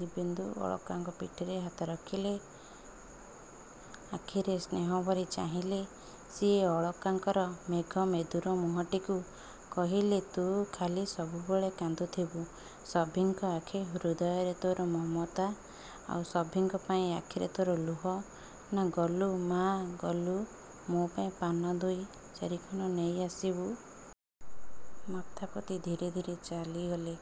ଦିବ୍ୟେନ୍ଦୁ ଅଳକାଙ୍କ ପିଠିରେ ହାତ ରଖିଲେ। ଆଖିରେ ସ୍ନେହ ଭରି ଚାହିଁଲେ ସିଏ ଅଳକାଙ୍କର ମେଘ ମେଦୁର ମୁହଁଟିକୁ। କହିଲେ ତୁ ଖାଲି ସବୁବେଳେ କାନ୍ଦୁଥିବୁ? ସଭିଙ୍କ ଆଖି ହୃଦୟରେ ତୋର ମମତା, ଆଉ ସଭିଙ୍କ ପାଇଁ ଆଖିରେ ତୋର ଲୁହ। ନା, ଗଲୁ ମା', ଗଲୁ, ମୋ ପାଇଁ ପାନ ଦୁଇ ଚାରିଖଣ୍ଡ ନେଇ ଆସିବୁ। ମଥା ପୋତି ଧୀରେ ଧୀରେ ଚାଲିଗଲେ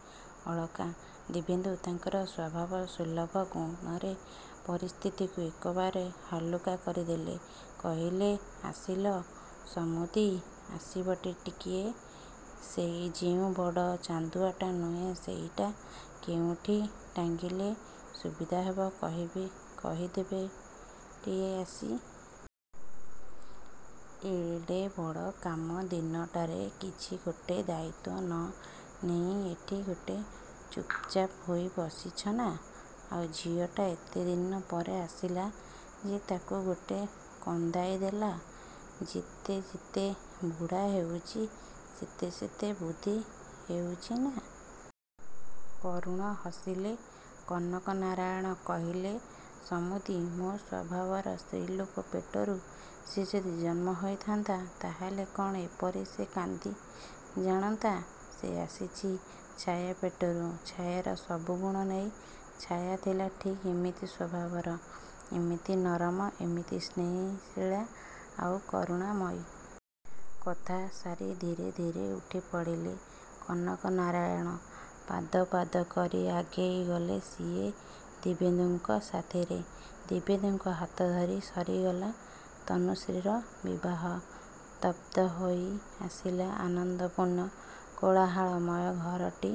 ଅଳକା। ଦିବ୍ୟେନ୍ଦୁ ତାଙ୍କର ସ୍ୱଭାବ ସୁଲଭ ଗୁଣରେ ପରିସ୍ଥିତିକୁ ଏକବାରେ ହାଲୁକା କରି ଦେଲେ। କହିଲେ ଆସିଲ ସମୁଦି, ଆସିବଟି ଟିକିଏ। ସେଇ ଯେଉଁ ବଡ଼ ଚାନ୍ଦୁଆଟା ନୁହେଁ ସେଇଟା କେଉଁଠି ଟାଙ୍ଗିଲେ ସୁବିଧା ହେବ କହିବେ କହିଦେବଟି ଆସି। ଏଡ଼େ ବଡ଼ କାମ ଦିନଟାରେ କିଛି ଗୋଟେ ଦାୟିତ୍ୱ ନ ନେଇ ଏଠି ଗୋଟେ ଚୁପ୍‌ଚାପ୍ ହୋଇ ବସିଛନା? ଆଉ ଝିଅଟା ଏତେଦିନ ପରେ ଆସିଲା ଯେ ତାକୁ ଗୋଟେ କନ୍ଦାଇ ଦେଲା। ଯେତେ ଯେତେ ବୁଢ଼ା ହେଉଛି ସେତେ ସେତେ ବୁଦ୍ଧି ହେଉଛି, ନା? କରୁଣ ହସିଲେ କନକନାରାୟଣ। କହିଲେ ସମୁଦି, ମୋ ସ୍ୱଭାବର ସ୍ତ୍ରୀଲୋକ ପେଟରୁ ସେ ଯଦି ଜନ୍ମ ହୋଇଥାନ୍ତା, ତାହେଲେ କ'ଣ ଏପରି ସେ କାନ୍ଦି ଜାଣନ୍ତା? ସେ ଆସିଛି ଛାୟା ପେଟରୁ। ଛାୟାର ସବୁ ଗୁଣ ନେଇ। ଛାୟା ଥିଲା ଠିକ୍ ଏମିତି ସ୍ୱଭାବର। ଏମିତି ନରମ, ଏମିତି ସ୍ନେହିଶୀଳା, ଆଉ କରୁଣମୟୀ। କଥା ସାରି ଧୀରେ ଧୀରେ ଉଠି ପଡ଼ିଲେ କନକନାରାୟଣ। ପାଦ ପାଦ କରି ଆଗେଇ ଗଲେ ସିଏ ଦିବ୍ୟେନ୍ଦୁଙ୍କ ସାଥିରେ ଦିବ୍ୟେନ୍ଦୁଙ୍କ ହାତ ଧରି। ସରିଗଲା ତନୁଶ୍ରୀର ବିବାହ। ସ୍ତବ୍ଧ ହୋଇ ଆସିଲା ଆନନ୍ଦପୂର୍ଣ୍ଣ କୋଳାହଳମୟ ଘରଟି।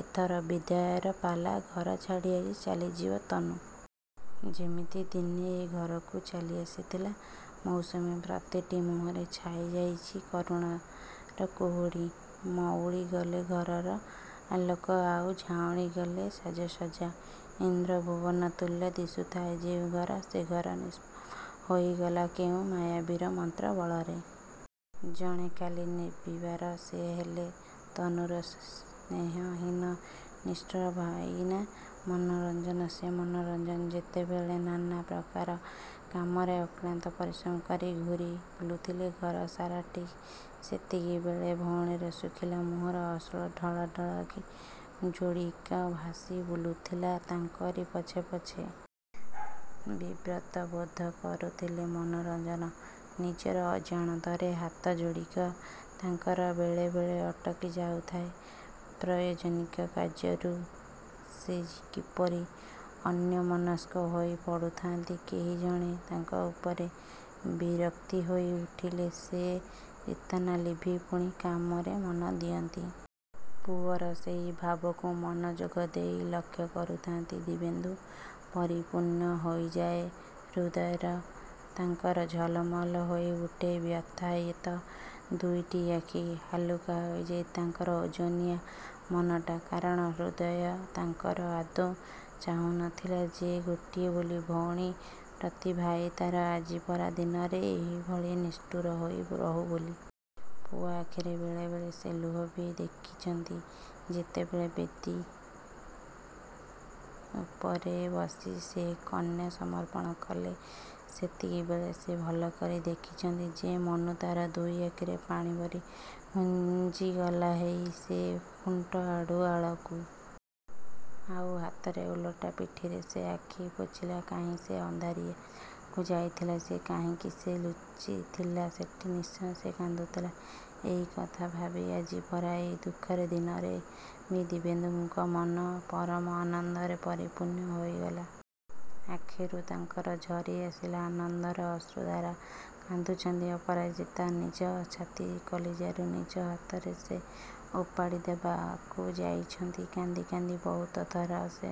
ଏଥର ବିଦାୟର ପାଲା। ଘର ଛାଡ଼ି ଆଜି ଚାଲିଯିବ ତନୁ। ଯେମିତି ଦିନେ ଏ ଘରକୁ ଚାଲି ଆସିଥିଲା ମୌସୁମୀ। ପ୍ରତିଟି ମୁହଁରେ ଛାଇ ଯାଇଛି କାରୁଣ୍ୟର କୁହୁଡ଼ି। ମଉଳି ଗଲେ ଘରର ଆଲୋକ, ଆଉ ଝାଉଁଳି ଗଲେ ସାଜସଜ୍ଜା। ଇନ୍ଦ୍ରଭୁବନ ତୁଲ୍ୟ ଦିଶୁଥାଏ ଯେଉଁ ଘର, ସେ ଘର ନିଷ୍ପ୍ରଭ ହୋଇ ଗଲା କେଉଁ ମାୟାବୀର ମନ୍ତ୍ର ବଳରେ। ଜଣେ ଖାଲି ନିର୍ବିବାର। ସେ ହେଲେ ତନୁର ସ୍ନେହହୀନ, ନିଷ୍ଠୁର ଭାଇନା ମନୋରଞ୍ଜନ। ସେ ମନୋରଞ୍ଜନ ଯେତେବେଳେ ନାନା ପ୍ରକାର କାମରେ ଅକ୍ଳାନ୍ତ ପରିଶ୍ରମ କରି ଘୂରି ବୁଲୁଥିଲେ ଘର ସାରା, ଠିକ୍ ସେତିକିବେଳେ ଭଉଣୀର ଶୁଖିଲା ମୁହଁର ଅଶ୍ରୁ ଢଳ ଢଳ ଆଖି ଯୋଡ଼ିକ ଭାସି ବୁଲୁଥିଲା ତାଙ୍କରି ପଛେ ପଛେ। ବିବ୍ରତ ବୋଧ କରୁଥିଲେ ମନୋରଞ୍ଜନ ନିଜର ଅଜାଣତରେ। ହାତ ଯୋଡ଼ିକ ତାଙ୍କର ବେଳେ ବେଳେ ଅଟକି ଯାଉଥାଏ ପ୍ରୟୋଜନୀକ କାର୍ଯ୍ୟରୁ। ସେ କିପରି ଅନ୍ୟମନସ୍କ ହୋଇ ପଡ଼ୁଥାନ୍ତି। କେହି ଜଣେ ତାଙ୍କ ଉପରେ ବିରକ୍ତି ହୋଇ ଉଠିଲେ ସେ ଚେତନା ଲିଭି ପୁଣି କାମରେ ମନ ଦିଅନ୍ତି। ପୁଅର ସେଇ ଭାବକୁ ମନଯୋଗ ଦେଇ ଲକ୍ଷ୍ୟ କରୁଥାନ୍ତି ଦିବ୍ୟେନ୍ଦୁ। ପରିପୂର୍ଣ୍ଣ ହୋଇଯାଏ ହୃଦୟର ତାଙ୍କର। ଝଲମଲ ହୋଇ ଉଠେ ବ୍ୟଥାୟୀତ ଦୁଇଟି ଆଖି। ହାଲୁକା ହୋଇଯାଏ ତାଙ୍କର ଓଜନିଆ ମନଟା। କାରଣ, ହୃଦୟ ତାଙ୍କର ଆଦୌ ଚାହୁଁ ନଥିଲା ଯେ ଗୋଟିଏ ବୋଲି ଭଉଣୀ ପ୍ରତି ଭାଇ ତା'ର ଆଜି ପରା ଦିନରେ ଏହିଭଳି ନିଷ୍ଠୁର ହୋଇ ରହୁ ବୋଲି। ପୁଅ ଆଖିରେ ବେଳେ ବେଳେ ସେ ଲୁହ ବି ଦେଖିଛନ୍ତି। ଯେତେବେଳେ ବେଦୀ ଉପରେ ବସି ସେ କନ୍ୟା ସମର୍ପଣ କଲେ, ସେତିକିବେଳେ ସେ ଭଲ କରି ଦେଖିଛନ୍ତି ଯେ, ମନୁ ତା'ର ଦୁଇ ଆଖିରେ ପାଣି ଭରି ଘୁଞ୍ଜି ଗଲା ହେଇ ସେ ଖୁଣ୍ଟ ଆଢ଼ୁଆଳକୁ। ଆଉ ହାତର ଓଲଟା ପିଠିରେ ସେ ଆଖି ପୋଛିଲା। କାହିଁକି ସେ ଅନ୍ଧାରିଆ କୁ ଯାଇଥିଲା ସିଏ। କାହିଁକି ସେ ଲୁଚିଥିଲା ସେଠି। ନିଶ୍ଚୟ ସେ କାନ୍ଦୁଥିଲା। ଏଇ କଥା ଭାବି ଆଜି ପରା ଏଇ ଦୁଃଖରେ ଦିନରେ ବି ଦିବ୍ୟେନ୍ଦୁଙ୍କ ମନ ପରମ ଆନନ୍ଦରେ ପରିପୂର୍ଣ୍ଣ ହୋଇ ଗଲା। ଆଖିରୁ ତାଙ୍କର ଝରି ଆସିଲା ଆନନ୍ଦର ଅଶ୍ରୁଧାରା। କାନ୍ଦୁଛନ୍ତି ଅପରାଜିତା। ନିଜ ଛାତି କଲିଜାରୁ ନିଜ ହାତରେ ସେ ଓପାଡ଼ି ଦେବାକୁ ଯାଇଛନ୍ତି। କାନ୍ଦି କାନ୍ଦି ବହୁତ ଥର ସେ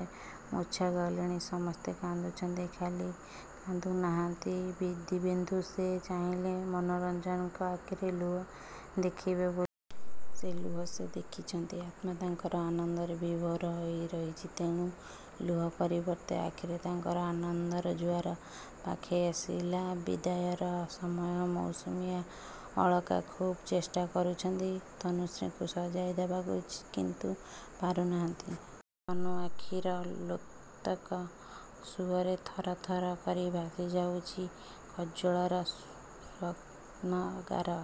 ମୂର୍ଚ୍ଛା ଗଲେଣି। ସମସ୍ତେ କାନ୍ଦୁଛନ୍ତି। ଖାଲି କାନ୍ଦୁ ନାହାନ୍ତି ବି ଦିବ୍ୟେନ୍ଦୁ। ସେ ଚାହିଁଲେ ମନୋରଞ୍ଜନଙ୍କ ଆଖିରେ ଲୁହ ଦେଖିବେ ବୋ। ସେ ଲୁହ ସେ ଦେଖିଛନ୍ତି। ଆତ୍ମା ତାଙ୍କର ଆନନ୍ଦରେ ବିଭୋର ହୋଇ ରହିଛି। ତେଣୁ ଲୁହ ପରିବର୍ତ୍ତେ ଆଖିରେ ତାଙ୍କର ଆନନ୍ଦର ଜୁଆର। ପାଖେଇ ଆସିଲା ବିଦାୟର ସମୟ। ମୌସୁମୀ ଆଉ ଅଳକା ଖୁବ୍ ଚେଷ୍ଟା କରୁଛନ୍ତି ତନୁଶ୍ରୀକୁ ସଜାଇ ଦେବାକୁ। କିନ୍ତୁ ପାରୁ ନାହାନ୍ତି। ତନୁ ଆଖିର ଲୋତକ ସୁଅରେ ଥର ଥର କରି ଭାସି ଯାଉଛି କଜ୍ଜଳର ସ୍ବପ୍ନଗାର।